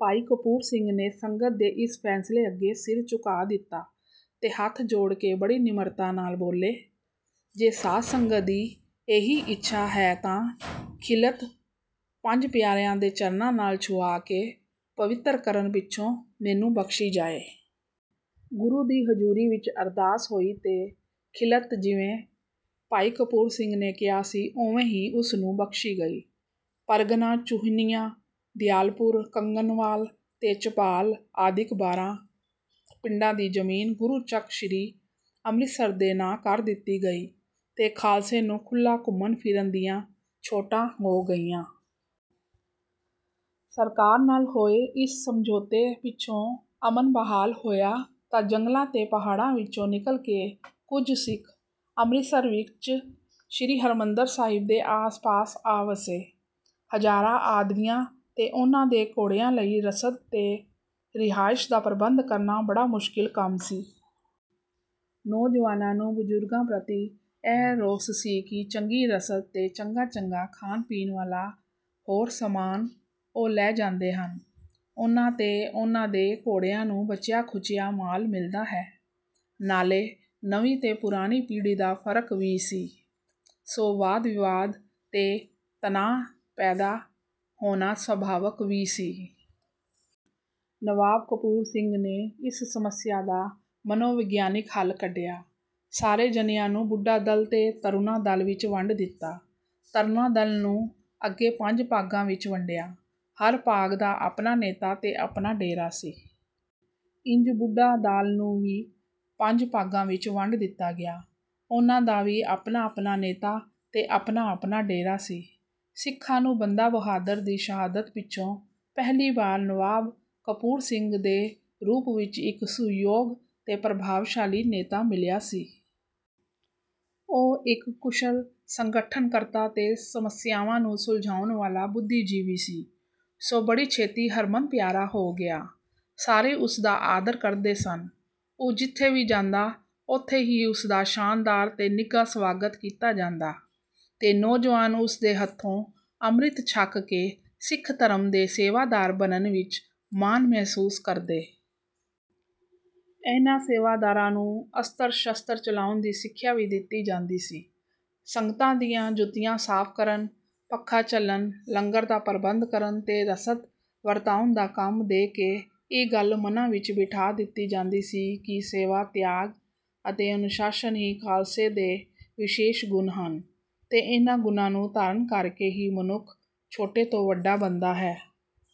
ਭਾਈ ਕਪੂਰ ਸਿੰਘ ਨੇ ਸੰਗਤ ਦੇ ਇਸ ਫੈਸਲੇ ਅੱਗੇ ਸਿਰ ਝੁਕਾ ਦਿੱਤਾ ਤੇ ਹੱਥ ਜੋੜ ਕੇ ਬੜੀ ਨਿਮਰਤਾ ਨਾਲ ਬੋਲੇ, "ਜੇ ਸਾਧ ਸੰਗਤ ਦੀ ਇਹੀ ਇੱਛਾ ਹੈ ਤਾਂ ਖਿਲਅਤ ਪੰਜਾਂ ਪਿਆਰਿਆਂ ਦੇ ਚਰਨਾਂ ਨਾਲ ਛੁਹਾ ਕੇ ਪਵਿੱਤਰ ਕਰਨ ਪਿੱਛੋਂ ਮੈਨੂੰ ਬਖ਼ਸ਼ੀ ਜਾਏ।" ਗੁਰੂ ਦੀ ਹਜੂਰੀ ਵਿੱਚ ਅਰਦਾਸ ਹੋਈ ਤੇ ਖਿਲਅਤ ਜਿਵੇਂ ਭਾਈ ਕਪੂਰ ਸਿੰਘ ਨੇ ਕਿਹਾ ਸੀ ਓਵੇਂ ਹੀ ਉਸਨੂੰ ਬਖ਼ਸ਼ੀ ਗਈ। ਪਰਗਨਾ ਚੂਹਨੀਆਂ ਦਿਆਲਪੁਰ ਕੰਗਨਵਾਲ ਤੇ ਝਬਾਲ ਆਦਿਕ ਬਾਰਾਂ ਪਿੰਡਾਂ ਦੀ ਜਮੀਨ ਗੁਰੂ ਚੱਕ ਸ਼੍ਰੀ ਅੰਮ੍ਰਿਤਸਰ ਦੇ ਨਾਂ ਕਰ ਦਿੱਤੀ ਗਈ ਤੇ ਖਾਲਸੇ ਨੂੰ ਖੁੱਲ੍ਹਾ ਘੁੰਮਣ-ਫਿਰਨ ਦੀਆਂ ਛੋਟਾਂ ਹੋ ਗਈਆਂ। ਸਰਕਾਰ ਨਾਲ ਹੋਏ ਇਸ ਸਮਝੌਤੇ ਪਿੱਛੋਂ ਅਮਨ ਬਹਾਲ ਹੋਇਆ ਤਾਂ ਜੰਗਲਾਂ ਤੇ ਪਹਾੜਾਂ ਵਿੱਚੋਂ ਨਿਕਲ ਕੇ ਕੁਝ ਸਿੱਖ ਅੰਮ੍ਰਿਤਸਰ ਵਿੱਚ ਸ਼੍ਰੀ ਹਰਿਮੰਦਰ ਸਾਹਿਬ ਦੇ ਆਸ-ਪਾਸ ਆ ਵੱਸੇ। ਹਜ਼ਾਰਾਂ ਆਦਮੀਆਂ ਤੇ ਉਹਨਾਂ ਦੇ ਘੋੜਿਆਂ ਲਈ ਰਸਦ ਤੇ ਰਿਹਾਇਸ਼ ਦਾ ਪ੍ਰਬੰਧ ਕਰਨਾ ਬੜਾ ਮੁਸ਼ਕਿਲ ਕੰਮ ਸੀ। ਨੌਜਵਾਨਾਂ ਨੂੰ ਬਜ਼ੁਰਗਾਂ ਪ੍ਰਤੀ ਇਹ ਰੋਸ ਸੀ ਕਿ ਚੰਗੀ ਰਸਦ ਤੇ ਚੰਗਾ-ਚੰਗਾ ਖਾਣ-ਪੀਣ ਵਾਲਾ ਹੋਰ ਸਾਮਾਨ ਉਹ ਲੈ ਜਾਂਦੇ ਹਨ, ਉਹਨਾਂ ਤੇ ਉਹਨਾਂ ਦੇ ਘੋੜਿਆਂ ਨੂੰ ਬਚਿਆ-ਖੁਚਿਆ ਮਾਲ ਮਿਲਦਾ ਹੈ। ਨਾਲੇ ਨਵੀਂ ਤੇ ਪੁਰਾਣੀ ਪੀੜ੍ਹੀ ਦਾ ਫ਼ਰਕ ਵੀ ਸੀ, ਸੋ ਵਾਦ-ਵਿਵਾਦ ਤੇ ਤਣਾਅ ਪੈਦਾ ਹੋਣਾ ਸੁਭਾਵਕ ਵੀ ਸੀ। ਨਵਾਬ ਕਪੂਰ ਸਿੰਘ ਨੇ ਇਸ ਸਮੱਸਿਆ ਦਾ ਮਨੋਵਿਗਿਆਨਕ ਹੱਲ ਕੱਢਿਆ। ਸਾਰੇ ਜਣਿਆਂ ਨੂੰ ਬੁੱਢਾ-ਦਲ ਤੇ ਤਰੂਣਾ-ਦਲ ਵਿੱਚ ਵੰਡ ਦਿੱਤਾ। ਤਰੂਣਾ-ਦਲ ਨੂੰ ਅੱਗੇ ਪੰਜ ਭਾਗਾਂ ਵਿੱਚ ਵੰਡਿਆ। ਹਰ ਭਾਗ ਦਾ ਆਪਣਾ ਨੇਤਾ ਤੇ ਆਪਣਾ ਡੇਰਾ ਸੀ। ਇੰਜ ਬੁੱਢਾ ਦਾਲ ਨੂੰ ਵੀ ਪੰਜ ਭਾਗਾਂ ਵਿੱਚ ਵੰਡ ਦਿੱਤਾ ਗਿਆ। ਉਹਨਾਂ ਦਾ ਵੀ ਆਪਣਾ-ਆਪਣਾ ਨੇਤਾ ਤੇ ਆਪਣਾ-ਆਪਣਾ ਡੇਰਾ ਸੀ। ਸਿੱਖਾਂ ਨੂੰ ਬੰਦਾ ਬਹਾਦੁਰ ਦੀ ਸ਼ਹਾਦਤ ਪਿੱਛੋਂ ਪਹਿਲੀ ਵਾਰੀ ਨਵਾਬ ਕਪੂਰ ਸਿੰਘ ਦੇ ਰੂਪ ਵਿੱਚ ਇੱਕ ਸੁਯੋਗ ਤੇ ਪ੍ਰਭਾਵਸ਼ਾਲੀ ਨੇਤਾ ਮਿਲਿਆ ਸੀ। ਉਹ ਇੱਕ ਕੁਸ਼ਲ ਸੰਗਠਨਕਰਤਾ ਤੇ ਸਮੱਸਿਆਵਾਂ ਨੂੰ ਸੁਲਝਾਉਣ ਵਾਲਾ ਬੁੱਧੀਜੀਵੀ ਸੀ। ਸੋ ਬੜੀ ਛੇਤੀ ਹਰਮਨ ਪਿਆਰਾ ਹੋ ਗਿਆ। ਸਾਰੇ ਉਸਦਾ ਆਦਰ ਕਰਦੇ ਸਨ। ਉਹ ਜਿੱਥੇ ਵੀ ਜਾਂਦਾ ਉੱਥੇ ਹੀ ਉਸਦਾ ਸ਼ਾਨਦਾਰ ਤੇ ਨਿੱਘਾ ਸਵਾਗਤ ਕੀਤਾ ਜਾਂਦਾ ਤੇ ਨੌਜਵਾਨ ਉਸਦੇ ਹੱਥੋਂ ਅੰਮ੍ਰਿਤ ਛਕ ਕੇ ਸਿੱਖ ਧਰਮ ਦੇ ਸੇਵਾਦਾਰ ਬਣਨ ਵਿੱਚ ਮਾਣ ਮਹਿਸੂਸ ਕਰਦੇ। ਇਹਨਾਂ ਸੇਵਾਦਾਰਾਂ ਨੂੰ ਅਸਤਰ-ਸ਼ਸਤਰ ਚਲਾਉਣ ਦੀ ਸਿੱਖਿਆ ਵੀ ਦਿੱਤੀ ਜਾਂਦੀ ਸੀ। ਸੰਗਤਾਂ ਦੀਆਂ ਜੁੱਤੀਆਂ ਸਾਫ ਕਰਨ, ਪੱਖਾ ਝੱਲਣ, ਲੰਗਰ ਦਾ ਪ੍ਰਬੰਧ ਕਰਨ ਤੇ ਰਸਦ ਵਰਤਾਉਣ ਦਾ ਕੰਮ ਦੇ ਕੇ ਇਹ ਗੱਲ ਮਨਾਂ ਵਿੱਚ ਬਿਠਾ ਦਿੱਤੀ ਜਾਂਦੀ ਸੀ ਕਿ ਸੇਵਾ ਤਿਆਗ ਅਤੇ ਅਨੁਸ਼ਾਸਨ ਹੀ ਖਾਲਸੇ ਦੇ ਵਿਸ਼ੇਸ਼ ਗੁਣ ਹਨ ਤੇ ਇਹਨਾਂ ਗੁਣਾਂ ਨੂੰ ਧਾਰਨ ਕਰਕੇ ਹੀ ਮਨੁੱਖ ਛੋਟੇ ਤੋਂ ਵੱਡਾ ਬਣਦਾ ਹੈ।